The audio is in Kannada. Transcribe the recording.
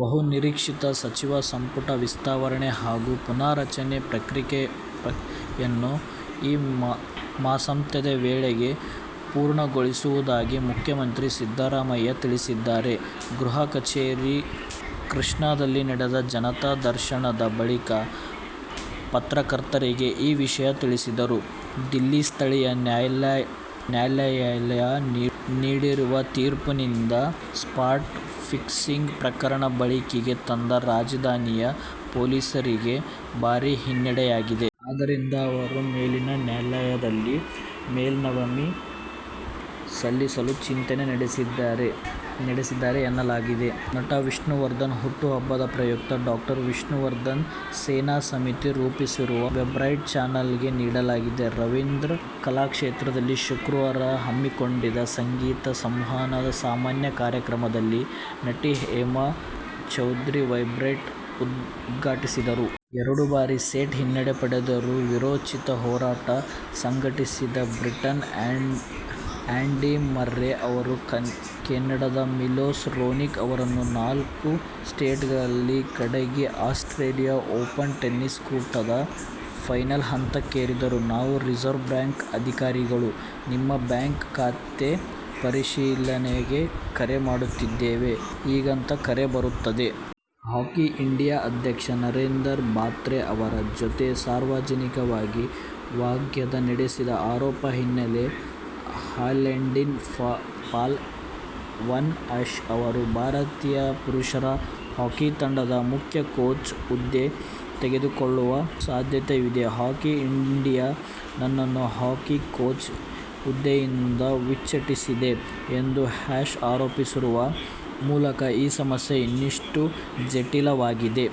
ಬಹು ನಿರೀಕ್ಷಿತ ಸಚಿವ ಸಂಪುಟ ವಿಸ್ತರಣೆ ಹಾಗೂ ಪುನಾರಚನೆ ಪ್ರಕ್ರಿಯೆಯನ್ನು ಈ ಮಾಸಾಂತ್ಯದ ವೇಳೆಗೆ ಪೂರ್ಣಗೊಳಿಸುವುದಾಗಿ ಮುಖ್ಯಮಂತ್ರಿ ಸಿದ್ದರಾಮಯ್ಯ ತಿಳಿಸಿದ್ದಾರೆ. ಗೃಹ ಕಚೇರಿ ಕೃಷ್ಣಾದಲ್ಲಿ ನಡೆದ ಜನತಾ ದರ್ಶನದ ಬಳಿಕ ಪತ್ರಕರ್ತರಿಗೆ ಈ ವಿಷಯ ತಿಳಿಸಿದರು. ದಿಲ್ಲಿ ಸ್ಥಳೀಯ ನ್ಯಾಯಾಲಯ ನೀಡಿರುವ ತೀರ್ಪಿನಿಂದ ಸ್ಪಾಟ್ ಫಿಕ್ಸಿಂಗ್ ಪ್ರಕರಣ ಬೆಳಕಿಗೆ ತಂದ ರಾಜಧಾನಿಯ ಪೊಲೀಸರಿಗೆ ಭಾರೀ ಹಿನ್ನಡೆಯಾಗಿದೆ. ಆದ್ದರಿಂದ ಅವರು ಮೇಲಿನ ನ್ಯಾಯಾಲಯದಲ್ಲಿ ಮೇಲ್ಮನವಿ ಸಲ್ಲಿಸಲು ಚಿಂತನೆ ನಡೆಸಿದ್ದಾರೆ ಎನ್ನಲಾಗಿದೆ. ನಟ ವಿಷ್ಣುವರ್ಧನ್ ಹುಟ್ಟುಹಬ್ಬದ ಪ್ರಯುಕ್ತ ಡಾ. ವಿಷ್ಣುವರ್ಧನ್ ಸೇನಾ ಸಮಿತಿ ರೂಪಿಸಿರುವ ವೆಬ್ಸೈಟ್ಗೆ ಚಾಲನೆ ನೀಡಲಾಗಿದೆ. ರವೀಂದ್ರ ಕಲಾಕ್ಷೇತ್ರದಲ್ಲಿ ಶುಕ್ರವಾರ ಹಮ್ಮಿಕೊಂಡಿದ್ದ ಸಂಗೀತ, ಸಂವಾದ, ಸಮ್ಮಾನ ಕಾರ್ಯಕ್ರಮದಲ್ಲಿ ನಟಿ ಹೇಮಾ ಚೌಧರಿ ವೆಬ್ಸೈಟ್ ಉದ್ಘಾಟಿಸಿದರು. ಎರಡು ಬಾರಿ ಸೆಟ್ ಹಿನ್ನಡೆ ಪಡೆದರೂ ವೀರೋಚಿತ ಹೋರಾಟ ಸಂಘಟಿಸಿದ ಬ್ರಿಟನ್ನ ಆ್ಯಂಡಿ ಮರ್ರೆ ಅವರು ಕೆನಡದ ಮಿಲೋಸ್ ರೋನಿಕ್ ಅವರನ್ನು ನಾಲ್ಕು ಸೆಟ್ಗಳಲ್ಲಿ ಕೆಡಹಿ ಆಸ್ಟ್ರೇಲಿಯನ್ ಓಪನ್ ಟೆನಿಸ್ ಕೂಟದ ಫೈನಲ್ ಹಂತಕ್ಕೇರಿದರು. ನಾವು ರಿಸರ್ವ್ ಬ್ಯಾಂಕ್ ಅಧಿಕಾರಿಗಳು. ನಿಮ್ಮ ಬ್ಯಾಂಕ್ ಖಾತೆ ಪರಿಶೀಲನೆಗೆ ಕರೆ ಮಾಡುತ್ತಿದ್ದೇವೆ- ಹೀಗಂತ ಕರೆ ಬರುತ್ತದೆ. ಹಾಕಿ ಇಂಡಿಯಾ ಅಧ್ಯಕ್ಷ ನರೀಂದರ್ ಬಾತ್ರಾ ಅವರ ಜತೆ ಸಾರ್ವಜನಿಕವಾಗಿ ವಾಗ್ವಾದ ನಡೆಸಿದ ಆರೋಪ ಹಿನ್ನೆಲೆಯಲ್ಲಿ ಹಾಲೆಂಡಿನ ಪಾಲ್ ವಾನ್ ಆ್ಯಶ್ ಅವರು ಭಾರತೀಯ ಪುರುಷರ ಹಾಕಿ ತಂಡದ ಮುಖ್ಯ ಕೋಚ್ ಹುದ್ದೆ ಕಳೆದುಕೊಳ್ಳುವ ಸಾಧ್ಯತೆಯಿದೆ. ಹಾಕಿ ಇಂಡಿಯಾ ನನ್ನನ್ನು ಹಾಕಿ ಕೋಚ್ ಹುದ್ದೆಯಿಂದ ಉಚ್ಛಾಟಿಸಿದೆ ಎಂದು ಆ್ಯಶ್ ಆರೋಪಿಸುವ ಮೂಲಕ ಈ ಸಮಸ್ಯೆ ಇನ್ನಷ್ಟು ಜಟಿಲವಾಗಿದೆ.